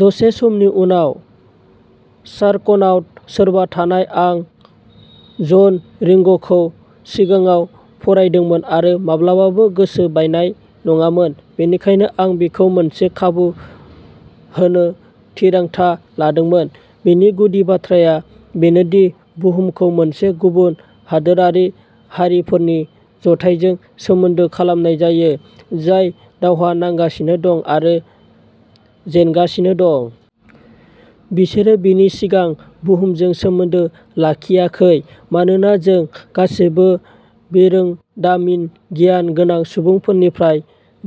दसे समनि उनाव। शार्कनाड सोरबा नाथाय आं जन रिंग'खौ सिगाङाव फरायदोंमोन आरो माब्लाबाबो गोसो बायनाय नङामोन, बेनिखायनो आं बेखौ मोनसे खाबु होनो थिरांथा लादोंमोन। बेनि गुदि बाथ्राया बेनो दि बुहुमखौ मोनसे गुबुन हादोरारि हारिफोरनि जथायजों सोमोन्दो खालामनाय जायो जाय दावहा नांगासिनो दं आरो जेनगासिनो दं। बिसोरो बेनि सिगां बुहुमजों सोमोन्दो लाखियाखै मानोना जों गासैबो बिरोंदामिन गियान गोनां सुबुंफोरनिफ्राय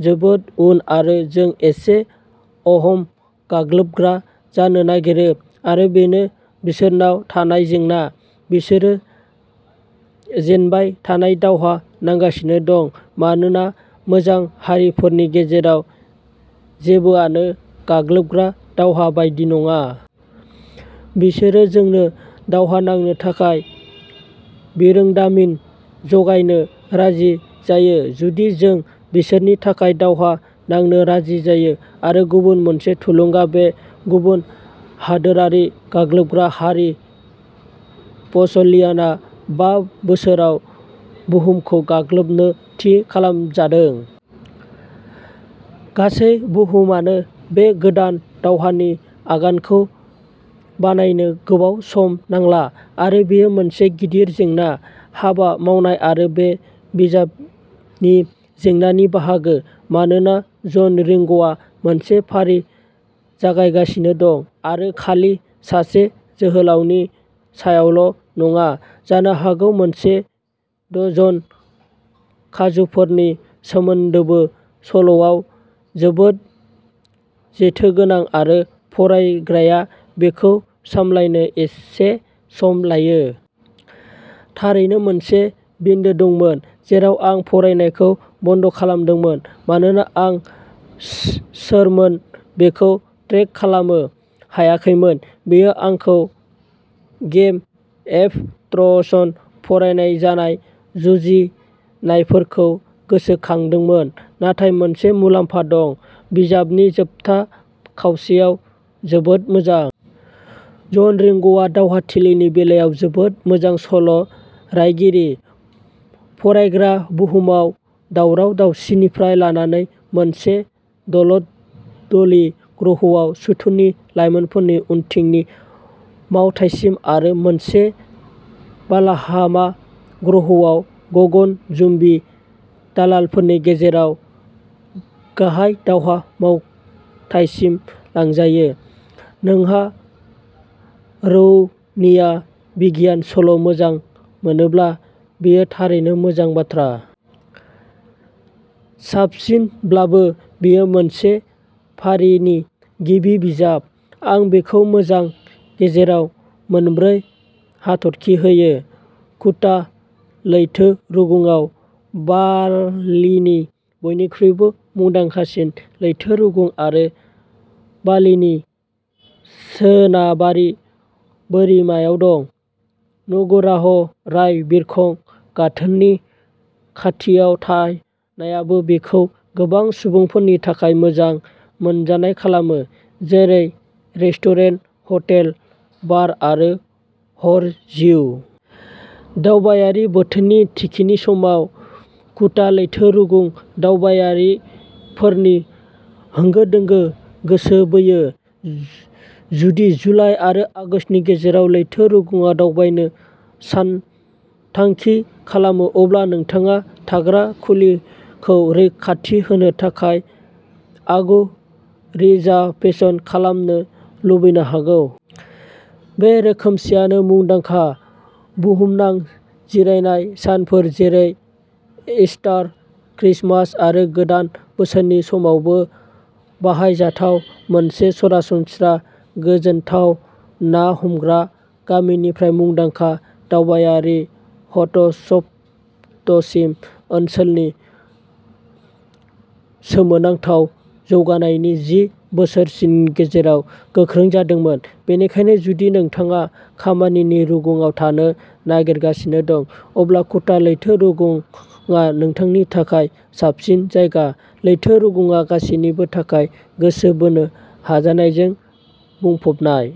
जोबोद उन, आरो जों एसे, अहोम, गाग्लोबग्रा जानो नागिरो। आरो बेनो बिसोरनाव थानाय जेंना। बिसोरो जेनबाय थानाय दावहा नांगासिनो दं मानोना मोजां हारिफोरनि गेजेराव जेबोआनो गाग्लोबग्रा-दावहा बायदि नङा। बिसोरो जोंनो दावहा नांनो थाखाय बिरोंदामिन जगायनो राजि जायो जुदि जों बिसोरनि थाखाय दावहा नांनो राजि जायो। आरो गुबुन मोनसे थुलुंगा बे गुबुन हादोरारि गाग्लोबग्रा हारि, पसलिनआ, बा बोसोराव बुहुमखौ गाग्लोबनो थि खालामजादों। गासै बुहुमानो बे गोदान दावहानि आगानखौ बायनो गोबाव सम नांला। आरो बेयो मोनसे गिदिर जेंना। हाबा मावनाय आरो बे बिजाबनि जेंनानि बाहागो। मानोना जन रिंग'आ मोनसे फारि जागायगासिनो दं आरो खालि सासे जोहोलावनि सायावल' नङा, जानो हागौ मोनसे डजन खाजुफोरनि सोमोन्दोबो, सल'आ जोबोद जेथोगोनां आरो फरायग्राया बेखौ सामलायनो एसे सम लायो। थारैनो, मोनसे बिन्दो दंमोन जेराव आं फरायनायखौ बन्द' खालामदोंमोन मानोना आं सोरमोन बेखौ ट्रेक खालामो हायाखैमोन। बेयो आंखौ गेम एफ थ्र'सन फरायनाय जानाय जुजिनायफोरखौ गोसोखांदोंमोन। नाथाय मोनसे मुलाम्फा दं। बिजाबनि जोबथा खावसेयाव जोबोद मोजां। जन रिंग'आ दावहाथिलिनि बेलायाव जोबोद मोजां सल' रायगिरि। फरायग्रा बुहुमाव दावराव-दावसिनिफ्राय लानानै मोनसे दलद दली ग्रहआव सुथुरनि लाइनफोरनि उनथिंनि मावथायसिम आरो मोनसे बालाहामा ग्रहआव गगनजुम्बी दालानफोरनि गेजेराव गाहाय दावहा मावथायसिम लांजायो। नोंहा रौनिया बिगियान-सल' मोजां मोनोब्ला, बेयो थारैनो मोजां बाथ्रा। साबसिनब्लाबो, बेयो मोनसे फारिनि गिबि बिजाब। आं बेखौ मोनबा गेजेराव मोनब्रै हाथरखि होयो। कुटा लैथो रुगुंआ बालिनि बयनिख्रुइबो मुंदांखासिन लैथो रुगुं आरो बालिनि सोनाबारि बोरिमायाव दं। नगुराह राय बिरखं गाथोननि खाथियाव थानायाबो बेखौ गोबां सुबुंफोरनि थाखाय मोजां मोनजानाय खालामो, जेरै रेस्टुरेन्ट, हटेल, बार आरो हर जिउ। दावबायारि बोथोरनि थिखिनि समाव, कुटा लैथो रुगुंआ दावबायारिफोरनि होंगो-दोंगो गोसो बोहोयो। जुदि जुलाइ आरो आगस्तनि गेजेराव लैथो रुगुंआव दावबायनो सानथांखि खालामो, अब्ला नोंथाङा थाग्रा खुलिखौ रैखाथि होनो थाखाय आगु रिजार्भेसन खालामनो लुबैनो हागौ। बे रोखोमसेआनो मुंदांखा बुहुमनां जिरायनाय सानफोर जेरै इस्टार, क्रिसमास आरो गोदान बोसोरनि समावबो बाहायजाथाव। मोनसे सरासनस्रा गोजोनथाव ना हमग्रा गामिनिफ्राय मुंदांखा दावबायारि हटसपटसिम ओनसोलनि सोमोनांथाव जौगानायनि जि बोसोरसिमनि गेजेराव गोख्रों जादोंमोन। बेनिखायनो, जुदि नोंथाङा खामानिनि रुगुंआव थानो नागिरगासिनो दं, अब्ला कुटा लैथो रुगुंआ नोंथांनि थाखाय साबसिन जायगा। लैथो रुगुंआ गासैनिबो थाखाय गोसो बोनो हाजानायजों बुंफबनाय।